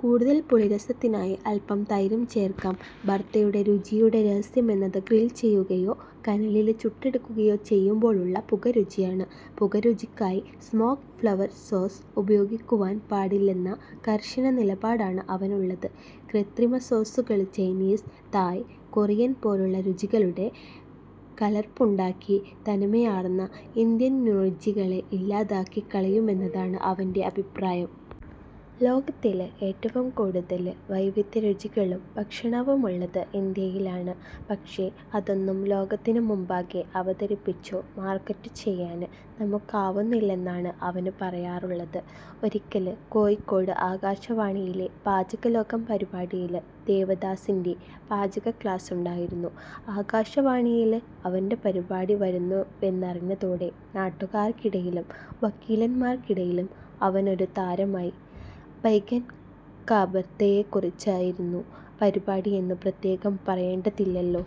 കൂടുതല് പുളിരസത്തിനായി അല്പം തൈരും ചേര്ക്കാം. ബര്ത്തയുടെ രുചിയുടെ രഹസ്യമെന്നത് ഗ്രില്ചെയ്യുകയോ കനലില് ചുട്ടെടുക്കുകയോ ചെയ്യുമ്പോളുള്ള പുകരുചിയാണ്. പുകരുചിക്കായി 'സ്മോക്ക് ഫ്ലേവര് സോസ്' ഉപയോഗിക്കുവാന് പാടില്ലെന്ന കര്ശനനിലപാടാണ് അവനുള്ളത്. കൃത്രിമസോസുകള് ചൈനീസ്, തായ്, കൊറിയന് പോലുള്ള രുചികളുടെ കലര്പ്പുണ്ടാക്കി തനിമയാര്ന്ന ഇന്ത്യന്രുചികളെ ഇല്ലാതാക്കികളയുമെന്നതാണ് അവന്റെ അഭിപ്രായം. ലോകത്തില് ഏറ്റവുംകൂടുതല് വൈവിധ്യരുചികളും ഭക്ഷണവുമുള്ളത് ഇന്ത്യയിലാണ് പക്ഷെ അതൊന്നും ലോകത്തിനു മുമ്പാകെ അവതരിപ്പിച്ചു മാര്ക്കറ്റുചെയ്യാന് നമുക്കാവുന്നില്ലെന്നാണ് അവന് പറയാറുള്ളത്. ഒരിക്കല് കോഴിക്കോട് ആകാശവാണിയിലെ 'പാചകലോകം' പരിപാടിയില് ദേവദാസിന്റെ പാചക ക്ലാസ്സുണ്ടായിരുന്നു. ആകാശവാണിയില് അവന്റെ പരിപാടി വരുന്നുവെന്നറിഞ്ഞതോടെ നാട്ടുകാര്ക്കിടയിലും വക്കീലമ്മാര്ക്കിടയിലും അവനൊരു താരമായി. 'ബൈഗന് കാ ബര്ത്ത'യെക്കുറിച്ചായിരുന്നു പരിപാടിയെന്നു പ്രത്യേകം പറയേണ്ടതില്ലല്ലോ?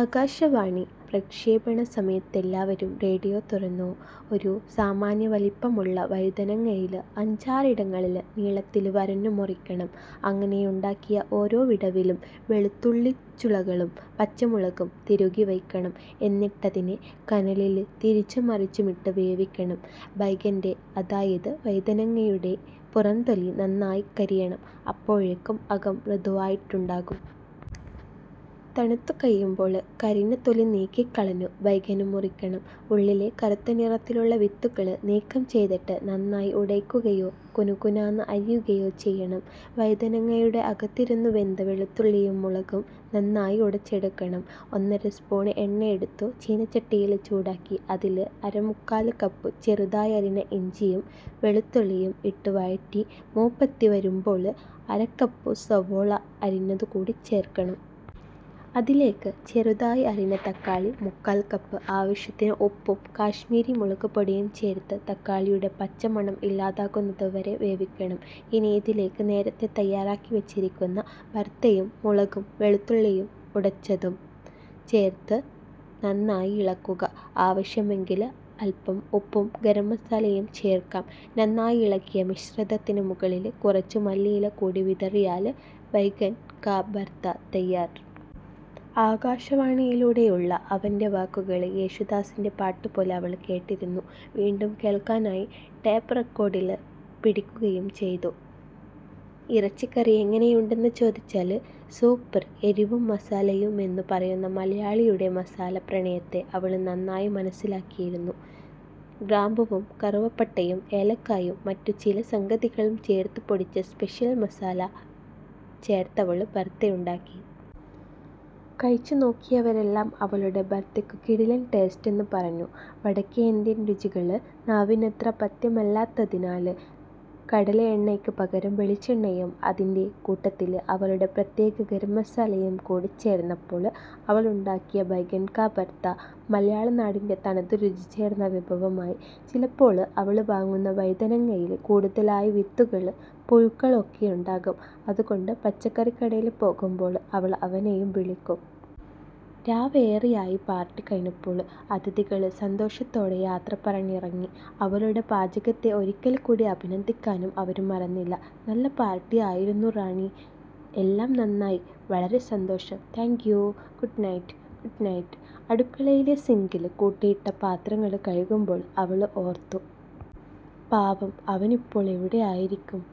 ആകാശവാണി പ്രക്ഷേപണ സമയത്തെല്ലാവരും റേഡിയോ തുറന്നു. ''..... ഒരു സാമാന്യ വലിപ്പമുള്ള വഴുതനങ്ങയില് അഞ്ചാറിടങ്ങളില് നീളത്തില് വരഞ്ഞു മുറിക്കണം. അങ്ങനെയുണ്ടാക്കിയ ഓരോ വിടവിലും വെളുത്തുള്ളിച്ചുളകളും പച്ചമുളകും തിരുകിവയ്ക്കണം. എന്നിട്ടതിനെ കനലില് തിരിച്ചുംമറിച്ചുമിട്ടു വേവിക്കണം. ബൈഗന്റെ, അതായത് വഴുതനങ്ങയുടെ പുറംതൊലി നന്നായി കരിയണം. അപ്പോഴേക്കും അകം മൃദുവായിട്ടുണ്ടാകും. തണുത്തുകഴിയുമ്പോള് കരിഞ്ഞ തൊലിനീക്കികളഞ്ഞു ബൈഗന് മുറിക്കണം. ഉള്ളിലെ കറുത്തനിറത്തിലുള്ള വിത്തുകള് നീക്കംചെയ്തിട്ട് നന്നായി ഉടയ്ക്കയോ കുനുകുനാന്നു അരിയുകയോ ചെയ്യണം. വഴുതനങ്ങയുടെ അകത്തിരുന്നു വെന്ത വെളുത്തുള്ളിയും മുളകും നന്നായി ഉടച്ചെടുക്കണം. ഒന്നര സ്പൂണ് എണ്ണയെടുത്തു ചീനച്ചട്ടിയില് ചൂടാക്കി, അതില് അരമുക്കാല് കപ്പു ചെറുതായരിഞ്ഞ ഇഞ്ചിയും വെളുത്തുള്ളിയും ഇട്ടുവഴറ്റി മൂപ്പെത്തിവരുമ്പോള് അരക്കപ്പു സവോള അരിഞ്ഞതുകൂടി ചേര്ക്കണം. അതിലേക്ക് ചെറുതായി അരിഞ്ഞ തക്കാളി മുക്കാല്കപ്പ്, ആവശ്യത്തിനു ഉപ്പും കശ്മീരി മുളകുപൊടിയും ചേര്ത്തു തക്കാളിയുടെ പച്ചമണം ഇല്ലാതാകുന്നതുവരെ വേവിക്കണം. ഇനി ഇതിലേക്ക് നേരത്തെ തയ്യാറാക്കി വച്ചിരിക്കുന്ന ബര്ത്തയും മുളകും വെളുത്തുള്ളിയും ഉടച്ചതും ചേര്ത്തു നന്നായിളക്കുക. ആവശ്യമെങ്കില് അല്പം ഉപ്പും ഗരംമസാലയും ചേര്ക്കാം. നന്നായിളക്കിയ മിശ്രിതത്തിന് മുകളില് കുറച്ചു മല്ലിയില കൂടി വിതറിയാല് ബൈഗന് കാ ബര്ത്ത തയ്യാര്. '' ആകാശവാണിയിലൂടുള്ള അവന്റെ വാക്കുകള് യേശുദാസിന്റെ പാട്ടുപോലെ അവള് കേട്ടിരിന്നു. വീണ്ടും കേള്ക്കാനായി ടേപ്പ് റിക്കോര്ഡില് പിടിക്കുകയും ചെയ്തു. ഇറച്ചിക്കറി എങ്ങനെയുണ്ടെന്നു ചോദിച്ചാല് 'സൂപ്പര് എരിവും മസാലയു'മെന്നു പറയുന്ന മലയാളിയുടെ മസാല പ്രണയത്തെ അവള് നന്നായി മനസ്സിലാക്കിയിരുന്നു. ഗ്രാമ്പുവും കറുവപ്പട്ടയും ഏലക്കായും മറ്റുചിലസംഗതികളും ചേര്ത്തുപൊടിച്ച 'സ്പെഷ്യല് മസാല' ചേര്ത്തവള് ബര്ത്തയുണ്ടാക്കി. കഴിച്ചുനോക്കിയവരെല്ലാം അവളുടെ ബര്ത്തക്കു 'കിടിലന് ടേസ്റ്റെന്നു' പറഞ്ഞു. വടക്കേയിന്ത്യന് രുചികള് നാവിനത്ര പഥ്യമല്ലാത്തതിനാല് കടലയെണ്ണയ്ക്ക് പകരം വെളിച്ചെണ്ണയും അതിന്റെ കൂട്ടത്തില് അവളുടെ പ്രത്യേക ഗരംമസാലയും കൂടിച്ചേര്ന്നപ്പോള് അവളുണ്ടാക്കിയ ബൈഗന് കാ ബര്ത്ത മലയാളനാടിന്റെ തനതു രുചിചേര്ന്ന വിഭവമായി. ചിലപ്പോള് അവള് വാങ്ങുന്ന വഴുതനങ്ങയില് കൂടുതലായി വിത്തുകള്, പുഴുക്കള് ഒക്കെയുണ്ടാകും അതുകൊണ്ട് പച്ചക്കറികടയില് പോകുമ്പോള് അവള് അവനെയും വിളിക്കും. രാവേറെയായി പാര്ട്ടി കഴിഞ്ഞപ്പോള്. അതിഥികള് സന്തോഷത്തോടെ യാത്ര പറഞ്ഞിറങ്ങി. അവളുടെ പാചകത്തെ ഒരിക്കല് കൂടി അഭിനന്ദിക്കാനും അവര് മറന്നില്ല 'നല്ല പാര്ട്ടിയായിരുന്നു, റാണി. എല്ലാം നന്നായി, വളരെ സന്തോഷം'' 'thank you'' 'good night'' ''good night'' അടുക്കളയിലെ സിങ്കില് കൂട്ടിയിട്ട പാത്രങ്ങള് കഴുകുമ്പോള് അവള് ഓര്ത്തു. 'പാവം. അവനിപ്പോള് എവിടെയായിരിക്കും? '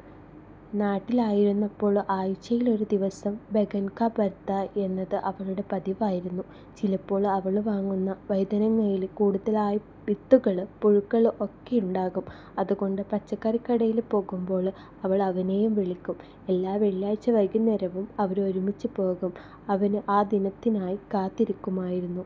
നാട്ടിലായിരുന്നപ്പോള് ആഴ്ചയിലൊരു ദിവസം 'ബൈഗന് കാ ബര്ത്താ'യെന്നത് അവളുടെ പതിവായിരുന്നു. ചിലപ്പോള് അവള് വാങ്ങുന്ന വഴുതനങ്ങയില് കൂടുതലായി വിത്തുകള്, പുഴുക്കള് ഒക്കെയുണ്ടാകും അതുകൊണ്ട് പച്ചക്കറികടയില് പോകുമ്പോള് അവള് അവനെയും വിളിക്കും. എല്ലാ വെള്ളിയാഴ്ച വൈകുന്നേരവും അവര് ഒരുമിച്ചുപോകും. അവന് ആ ദിനത്തിനായി കാത്തിരിക്കുമായിരുന്നു.